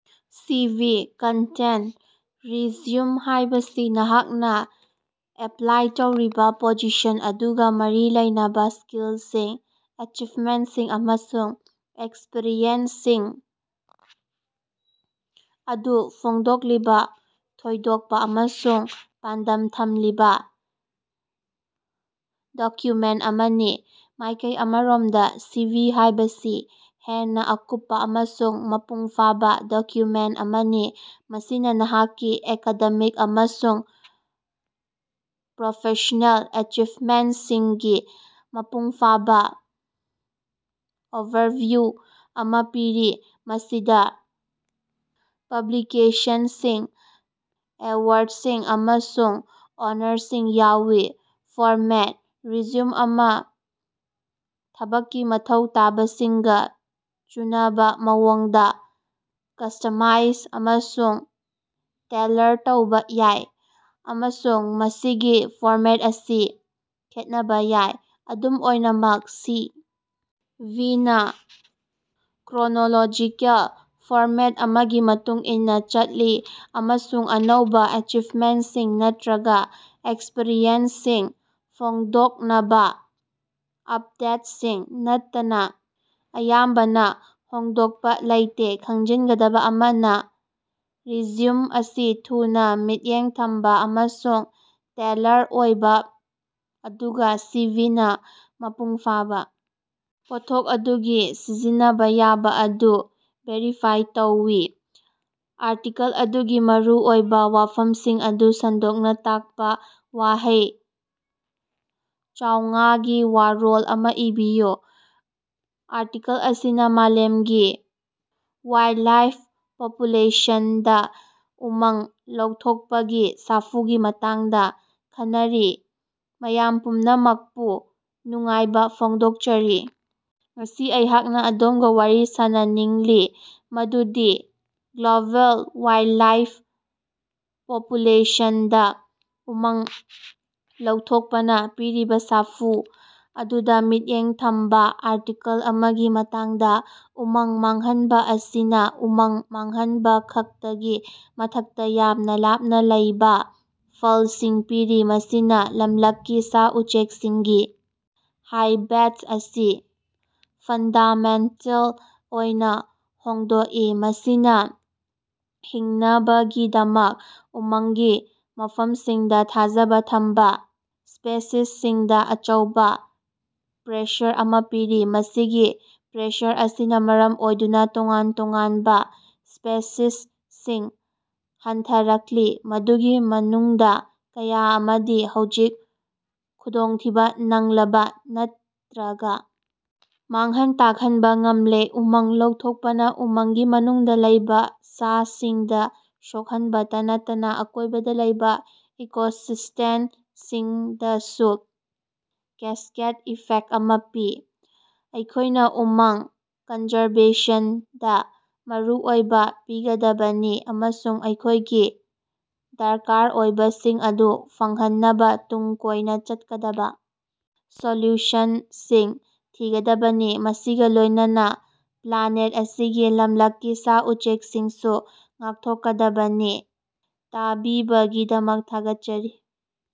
ꯁꯤ V. Content: resume ꯍꯥꯏꯕꯁꯤ ꯅꯍꯥꯛꯅ ꯑꯦꯄ꯭ꯂꯥꯏ ꯇꯧꯔꯤꯕ ꯄꯣꯖꯤꯁꯟ ꯑꯗꯨꯒ ꯃꯔꯤ ꯂꯩꯅꯕ ꯁ꯭ꯀꯤꯜꯁꯤꯡ, ꯑꯦꯆꯤꯚꯃꯦꯟꯠꯁꯤꯡ ꯑꯃꯁꯨꯡ ꯑꯦꯛꯁꯄꯤꯔꯤꯑꯦꯟꯁꯁꯤꯡ ꯑꯗꯨ ꯐꯣꯡꯗꯣꯛꯂꯤꯕꯥ ꯊꯣꯏꯗꯣꯛꯄ ꯑꯃꯁꯨꯡ ꯄꯥꯟꯗꯝ ꯊꯝꯂꯤꯕ ꯗꯣꯀ꯭ꯌꯨꯃꯦꯟꯠ ꯑꯃꯅꯤ꯫ ꯃꯥꯏꯀꯩ ꯑꯃꯔꯣꯝꯗ, ꯁꯤꯚꯤ ꯍꯥꯏꯕꯁꯤ ꯍꯦꯟꯅ ꯑꯀꯨꯞꯄ ꯑꯃꯁꯨꯡ ꯃꯄꯨꯡꯐꯥꯕ ꯗꯣꯀ꯭ꯌꯨꯃꯦꯟꯠ ꯑꯃꯅꯤ, ꯃꯁꯤꯅ ꯅꯍꯥꯛꯀꯤ ꯑꯦꯀꯥꯗꯦꯃꯤꯛ ꯑꯃꯁꯨꯡ ꯄ꯭ꯔꯣꯐꯦꯁꯅꯦꯜ ꯑꯦꯆꯤꯚꯃꯦꯟꯇꯁꯤꯡꯒꯤ ꯃꯄꯨꯡꯐꯥꯕ ꯑꯣꯚꯔꯚꯤꯌꯨ ꯑꯃꯥ ꯄꯤꯔꯤ, ꯃꯁꯤꯗ ꯄꯕ꯭ꯂꯤꯀꯦꯁꯟꯁꯤꯡ, ꯑꯦꯋꯥꯔꯗꯁꯤꯡ ꯑꯃꯁꯨꯡ ꯑꯣꯅꯔꯁꯤꯡ ꯌꯥꯎꯏ꯫ ꯐꯣꯔꯃꯦꯠ: ꯔꯤꯖ꯭ꯌꯨꯝ ꯑꯃꯥ ꯊꯕꯛꯀꯤ ꯃꯊꯧ ꯇꯥꯕꯁꯤꯡꯒ ꯆꯨꯅꯕꯥ ꯃꯑꯣꯡꯗ ꯀ꯭ꯁꯇꯃꯥꯏꯖ ꯑꯃꯁꯨꯡ ꯇꯦꯜꯂꯔ ꯇꯧꯕꯥ ꯌꯥꯏ, ꯑꯃꯁꯨꯡ ꯃꯁꯤꯒꯤ ꯐꯣꯔꯃꯦꯠ ꯑꯁꯤ ꯈꯦꯠꯅꯕ ꯌꯥꯏ꯫ ꯑꯗꯨꯝ ꯑꯣꯏꯅꯃꯛ, ꯁꯤ. ꯚꯤ.ꯅ ꯀ꯭ꯔꯣꯅꯣꯂꯣꯖꯤꯀꯦꯜ ꯐꯣꯔꯃꯦꯠ ꯑꯃꯒꯤ ꯃꯇꯨꯡ ꯏꯟꯅ ꯆꯠꯂꯤ ꯑꯃꯁꯨꯡ ꯑꯅꯧꯕ ꯑꯦꯆꯤꯕꯃꯦꯟꯠꯁꯤꯡ ꯅꯠꯇꯔꯒ ꯑꯦꯛꯁꯄꯔꯤꯌꯦꯟꯁꯁꯤꯡ ꯐꯣꯡꯗꯣꯛꯅꯕ ꯑꯞꯗꯦꯠꯁꯤꯡ ꯅꯠꯇꯅ ꯑꯌꯥꯝꯕꯅ ꯍꯣꯡꯗꯣꯛꯄ ꯂꯩꯇꯦ꯫ ꯈꯪꯖꯤꯟꯒꯗꯕ ꯑꯃꯅ, ꯔꯤꯖ꯭ꯌꯨꯝ ꯑꯁꯤ ꯊꯨꯅ, ꯃꯤꯠꯌꯦꯡ ꯊꯝꯕ ꯑꯃꯁꯨꯡ ꯇꯦꯜꯂꯔ ꯑꯣꯏꯕ, ꯑꯗꯨꯒ ꯁꯤ. ꯚꯤ. ꯅ ꯃꯄꯨꯡꯐꯥꯕ, ꯄꯣꯠꯊꯣꯛ ꯑꯗꯨꯒꯤ ꯁꯤꯖꯤꯟꯅꯕ ꯌꯥꯕ ꯑꯗꯨ ꯚꯦꯔꯤꯐꯥꯏ ꯇꯧꯏ꯫ ꯑꯥꯔꯇꯤꯀꯜ ꯑꯗꯨꯒꯤ ꯃꯔꯨꯑꯣꯏꯕꯥ ꯋꯥꯐꯝꯁꯤꯡ ꯑꯗꯨ ꯁꯟꯗꯣꯛꯅ ꯇꯥꯛꯄ ꯋꯥꯍꯩ ꯆꯧꯉꯥꯒꯤ ꯋꯥꯔꯣꯜ ꯑꯃꯥ ꯏꯕꯤꯌꯨ꯫ ꯑꯥꯔꯇꯤꯀꯜ ꯑꯁꯤꯅ ꯃꯥꯂꯦꯝꯒꯤ ꯋꯥꯏꯜꯗꯂꯥꯏꯐ ꯄꯣꯄꯨꯂꯦꯁꯟꯗ ꯎꯃꯪ ꯂꯧꯊꯣꯛꯄꯒꯤ ꯁꯥꯐꯨꯒꯤ ꯃꯇꯥꯡꯗ ꯈꯟꯅꯔꯤ꯫ ꯃꯌꯥꯝ ꯄꯨꯝꯅꯃꯀꯄꯨ ꯅꯨꯡꯉꯥꯏꯕ ꯐꯣꯡꯗꯣꯛꯆꯔꯤ꯫ ꯉꯁꯤ ꯑꯩꯍꯥꯛꯅ ꯑꯗꯣꯝꯒ ꯋꯥꯔꯤ ꯁꯥꯅꯅꯤꯡꯂꯤ ꯃꯗꯨꯗꯤ ꯒ꯭ꯂꯣꯕꯦꯜ ꯋꯥꯏꯜꯗꯂꯥꯏꯐ ꯄꯣꯄꯨꯂꯦꯁꯟꯗ ꯎꯃꯪ ꯂꯧꯊꯣꯛꯄꯅ ꯄꯤꯔꯤꯕ ꯁꯥꯐꯨ ꯑꯗꯨꯗ ꯃꯤꯠꯌꯦꯡ ꯊꯝꯕ ꯑꯥꯔꯇꯤꯀꯜ ꯑꯃꯒꯤ ꯃꯇꯥꯡꯗ꯫ ꯎꯃꯪ ꯃꯥꯡꯍꯟꯕ ꯑꯁꯤꯅ ꯎꯃꯪ ꯃꯥꯡꯍꯟꯕꯈꯛꯇꯒꯤ ꯃꯊꯛꯇ ꯌꯥꯝꯅ ꯂꯥꯞꯅ ꯂꯩꯕꯥ ꯐꯜꯁꯤꯡ ꯄꯤꯔꯤ꯫ ꯃꯁꯤꯅ ꯂꯃꯂꯛꯀꯤ ꯁꯥ-ꯎꯆꯦꯛꯁꯤꯡꯒꯤ ꯍꯥꯏꯕꯦꯠ ꯑꯁꯤ ꯐꯟꯗꯥꯃꯦꯟꯇꯦꯜ ꯑꯣꯏꯅ ꯍꯣꯡꯗꯣꯛꯏ, ꯃꯁꯤꯅ ꯍꯤꯡꯅꯕꯒꯤꯗꯃꯛ ꯎꯃꯪꯒꯤ ꯃꯐꯝꯁꯤꯡꯗ ꯊꯥꯖꯕ ꯊꯝꯕ ꯁ꯭ꯄꯦꯁꯤꯁꯁꯤꯡꯗ ꯑꯆꯧꯕ ꯄ꯭ꯔꯦꯁꯔ ꯑꯃ ꯄꯤꯔꯤ꯫ ꯃꯁꯤꯒꯤ ꯄ꯭ꯔꯦꯁꯔ ꯑꯁꯤꯅ ꯃꯔꯝ ꯑꯣꯏꯗꯨꯅ ꯇꯣꯉꯥꯟ ꯇꯣꯉꯥꯟꯕ ꯁ꯭ꯄꯦꯁꯤꯁꯁꯤꯡ ꯍꯟꯊꯔꯛꯂꯤ, ꯃꯗꯨꯒꯤ ꯃꯅꯨꯡꯗ ꯀꯌꯥ ꯑꯃꯗꯤ ꯍꯧꯖꯤꯛ ꯈꯨꯗꯣꯡꯊꯤꯕ ꯅꯪꯂꯕ ꯅꯠꯇꯔ꯭ꯒ ꯃꯥꯡꯍꯟ ꯇꯥꯛꯍꯟꯕꯥ ꯉꯝꯂꯦ꯫ ꯎꯃꯪ ꯂꯧꯊꯣꯛꯄꯅ ꯎꯃꯪꯒꯤ ꯃꯅꯨꯡꯗ ꯂꯩꯕ ꯁꯥꯁꯤꯡꯗ ꯁꯣꯛꯍꯟꯕꯇ ꯅꯠꯇꯅ ꯑꯀꯣꯏꯕꯗ ꯂꯩꯕ ꯏꯀꯣꯁꯤꯁ꯭ꯇꯦꯅꯁꯤꯡꯗꯁꯨ ꯀꯦꯁꯀꯦꯗ ꯏꯐꯦꯛ ꯑꯃ ꯄꯤ꯫ ꯑꯩꯈꯣꯏꯅꯥ ꯎꯃꯪ ꯀꯟꯖꯥꯔꯕꯦꯁꯟꯗ ꯃꯔꯨ ꯑꯣꯏꯕ ꯄꯤꯒꯗꯕꯅꯤ ꯑꯃꯁꯨꯡ ꯑꯩꯈꯣꯏꯒꯤ ꯗꯔꯀꯥꯔ ꯑꯣꯏꯕꯁꯤꯡ ꯑꯗꯨ ꯐꯪꯍꯟꯅꯕ ꯇꯨꯡ ꯀꯣꯏꯅ ꯆꯠꯀꯗꯕ ꯁꯣꯂꯨꯁꯟꯁꯤꯡ ꯊꯤꯒꯗꯕꯅꯤ, ꯃꯁꯤꯒ ꯂꯣꯏꯅꯅ ꯄ꯭ꯂꯥꯅꯦꯠ ꯑꯁꯤꯒꯤ ꯂꯝꯂꯛꯀꯤ ꯁꯥ-ꯎꯆꯦꯛꯁꯤꯡꯁꯨ ꯉꯥꯛꯊꯣꯛꯀꯗꯕꯅꯤ꯫ ꯇꯥꯕꯤꯕꯒꯤꯗꯃꯛ ꯊꯥꯒꯠꯆꯔꯤ꯫